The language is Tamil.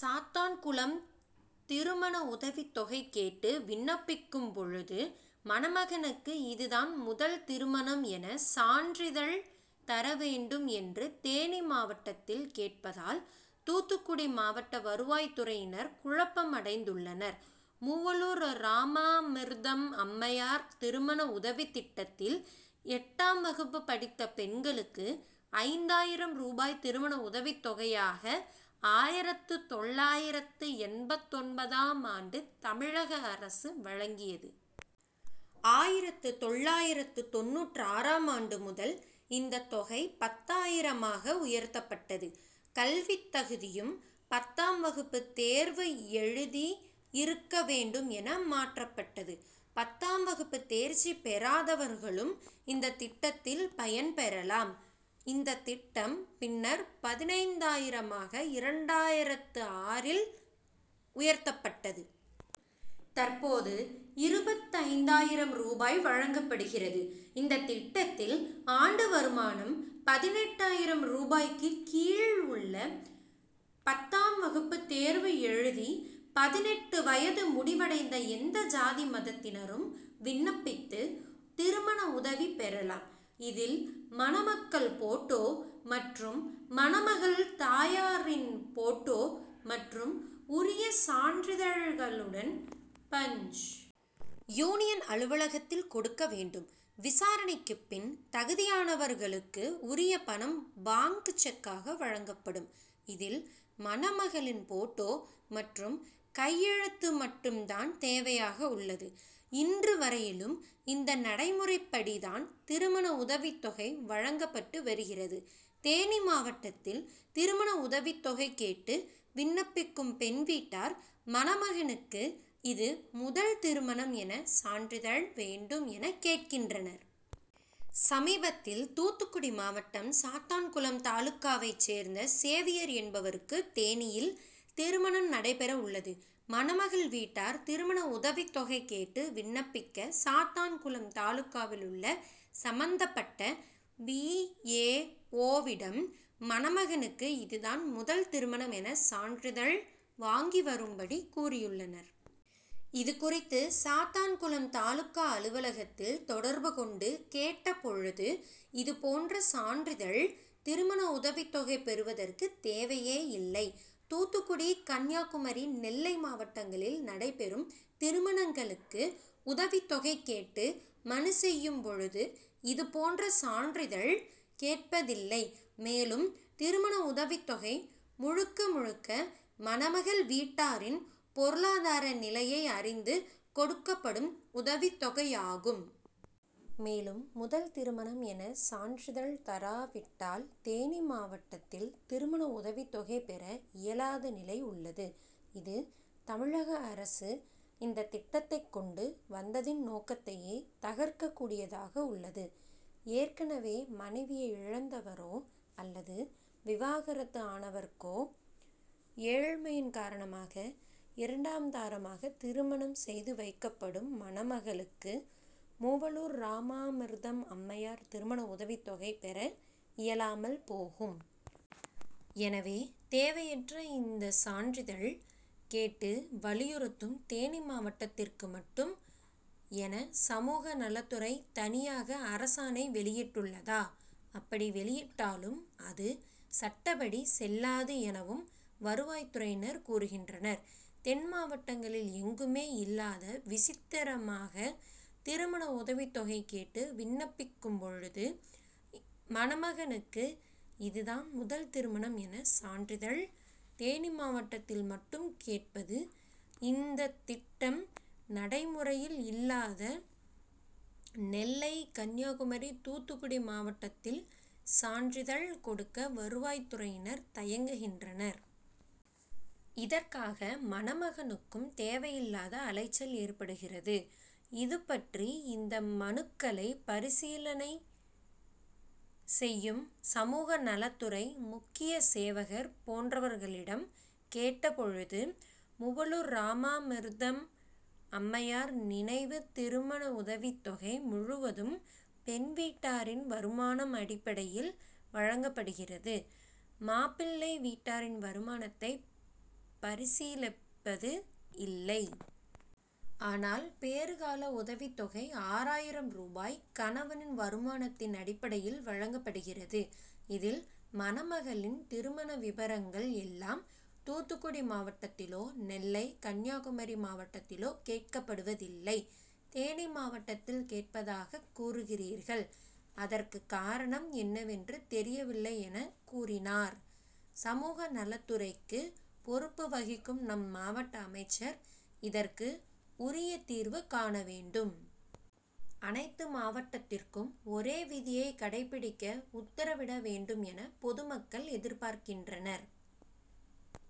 சாத்தான்குளம் திருமண உதவித்தொகை கேட்டு விண்ணப்பிக்கும் பொழுது மணமகனுக்கு இதுதான் முதல் திருமணம் என சான்றிதழ் தர வேண்டும் என்று தேனி மாவட்டத்தில் கேட்பதால் தூத்துக்குடி மாவட்ட வருவாய்த்துறையினர் குழப்பமடைந்துள்ளனர். மூவலூர் ராமாமிர்தம் அம்மையார் திருமண உதவித்திட்டத்தில் எட்டாம் வகுப்பு படித்த பெண்களுக்கு ஐந்தாயிரம் ரூபாய் திருமண உதவித்தொகையாக ஆயிரத்து தொள்ளாயிரத்து எண்பத்தொன்பதாம் ஆண்டு தமிழக அரசு வழங்கியது. ஆயிரத்து தொள்ளாயிரத்து தொண்ணூற்றாறாம் ஆண்டு முதல் இந்தத் தொகை பத்தாயிரமாக உயர்த்தப்பட்டது. கல்வித்தகுதியும் பத்தாம் வகுப்பு தேர்வு எழுதி இருக்க வேண்டும் என மாற்றப்பட்டது. பத்தாம் வகுப்பு தேர்ச்சி பெறாதவர்களும் இந்தத் திட்டத்தில் பயன் பெறலாம். இந்தத் திட்டம் பின்னர் பதினைந்தாயிரமாக இரண்டாயிரத்து ஆறில் உயர்த்தப்பட்டது. தற்போது இருபத்தைந்தாயிரம் ரூபாய் வழங்கப்படுகிறது. இந்தத் திட்டத்தில் ஆண்டு வருமானம் பதினெட்டாயிரம் ரூபாய்க்கு கீழ் உள்ள பத்தாம் வகுப்பு தேர்வு எழுதி பதினெட்டு வயது முடிவடைந்த எந்த ஜாதி மதத்தினரும் விண்ணப்பித்து திருமண உதவி பெறலாம். இதில் மணமக்கள் போட்டோ மற்றும் மணமகள் தாயாரின் போட்டோ மற்றும் உரிய சான்றிதழ்களுடன் பஞ். யூனியன் அலுவலகத்தில் கொடுக்க வேண்டும். விசாரணைக்குப் பின் தகுதியானவர்களுக்கு உரிய பணம் பாங்க் செக்காக வழங்கப்படும். இதில் மணமகளின் போட்டோ மற்றும் கையெழுத்து மட்டும் தான் தேவையாக உள்ளது. இன்று வரையிலும் இந்த நடைமுறைப்படித்தான் திருமண உதவித்தொகை வழங்கப்பட்டு வருகிறது. தேனி மாவட்டத்தில் திருமண உதவித்தொகை கேட்டு விண்ணப்பிக்கும் பெண் வீட்டார் மணமகனுக்கு இது முதல் திருமணம் என சான்றிதழ் வேண்டும் என கேட்கின்றனர். சமீபத்தில் தூத்துக்குடி மாவட்டம் சாத்தான்குளம் தாலுகாவைச் சேர்ந்த சேவியர் என்பவருக்கு தேனியில் திருமணம் நடைபெற உள்ளது. மணமகள் வீட்டார் திருமண உதவித்தொகை கேட்டு விண்ணப்பிக்க சாத்தான்குளம் தாலுகாவில் உள்ள சம்பந்தப்பட்ட வி. ஏ. ஓ.விடம் மணமகனுக்கு இதுதான் முதல் திருமணம் என சான்றிதழ் வாங்கி வரும்படி கூறியுள்ளனர். இது குறித்து சாத்தான்குளம் தாலுகா அலுவலகத்தில் தொடர்பு கொண்டு கேட்ட பொழுது இது போன்ற சான்றிதழ் திருமண உதவித்தொகை பெறுவதற்கு தேவையே இல்லை. தூத்துக்குடி கன்னியாகுமரி நெல்லை மாவட்டங்களில் நடைபெறும் திருமணங்களுக்கு உதவித்தொகை கேட்டு மனு செய்யும் பொழுது இது போன்ற சான்றிதழ் கேட்பதில்லை. மேலும் திருமண உதவித்தொகை முழுக்க முழுக்க மணமகள் வீட்டாரின் பொருளாதார நிலையை அறிந்து கொடுக்கப்படும் உதவித்தொகையாகும். மேலும் முதல் திருமணம் என சான்றிதழ் தராவிட்டால் தேனி மாவட்டத்தில் திருமண உதவித்தொகை பெற இயலாத நிலை உள்ளது. இது தமிழக அரசு இந்தத் திட்டத்தைக் கொண்டு வந்ததின் நோக்கத்தையே தகர்க்கக்கூடியதாக உள்ளது. ஏற்கனவே மனைவியை இழந்தவரோ அல்லது விவாகரத்து ஆனவருக்கோ ஏழ்மையின் காரணமாக இரண்டாம் தாரமாக திருமணம் செய்து வைக்கப்படும் மணமகளுக்கு மூவலூர் ராமாமிர்தம் அம்மையார் திருமண உதவித்தொகை பெற இயலாமல் போகும். எனவே தேவையற்ற இந்த சான்றிதழ் கேட்டு வலியுறுத்தும் தேனி மாவட்டத்திற்கு மட்டும் என சமூக நலத்துறை தனியாக அரசாணை வெளியிட்டுள்ளதா அப்படி வெளியிட்டாலும் அது சட்டப்படி செல்லாது எனவும் வருவாய்த்துறையினர் கூறுகின்றனர். தென்மாவட்டங்களில் எங்குமே இல்லாத விசித்திரமாக திருமண உதவித்தொகை கேட்டு விண்ணப்பிக்கும் பொழுது மணமகனுக்கு இதுதான் முதல் திருமணம் என சான்றிதழ் தேனி மாவட்டத்தில் மட்டும் கேட்பது இந்த திட்டம் நடைமுறையில் இல்லாத நெல்லை கன்னியாகுமரி தூத்துக்குடி மாவட்டத்தில் சான்றிதழ் கொடுக்க வருவாய்த்துறையினர் தயங்குகின்றனர். இதற்காக மணமகனுக்கும் தேவையில்லாத அலைச்சல் ஏற்படுகிறது. இது பற்றி இந்த மனுக்களை பரிசீலனை செய்யும் சமூக நலத்துறை முக்கிய சேவகர் போன்றவர்களிடம் கேட்ட பொழுது மூவலூர் ராமாமிர்தம் அம்மையார் நினைவு திருமண உதவித்தொகை முழுவதும் பெண் வீட்டாரின் வருமானம் அடிப்படையில் வழங்கப்படுகிறது. மாப்பிள்ளை வீட்டாரின் வருமானத்தை பரிசீலிப்பது இல்லை. ஆனால் பேறு கால உதவித்தொகை ஆறாயிரம் ரூபாய் கணவனின் வருமானத்தின் அடிப்படையில் வழங்கப்படுகிறது. இதில் மணமகளின் திருமண விபரங்கள் எல்லாம் தூத்துக்குடி மாவட்டத்திலோ நெல்லை கன்னியாகுமரி மாவட்டத்திலோ கேட்கப்படுவதில்லை. தேனி மாவட்டத்தில் கேட்பதாகக் கூறுகிறீர்கள். அதற்கு காரணம் என்னவென்று தெரியவில்லை என கூறினார். சமூக நலத்துறைக்கு பொறுப்பு வகிக்கும் நம் மாவட்ட அமைச்சர் இதற்கு உரிய தீர்வு காண வேண்டும். அனைத்து மாவட்டத்திற்கும் ஒரே விதியை கடைபிடிக்க உத்தரவிட வேண்டும் என பொது மக்கள் எதிர்பார்க்கின்றனர்.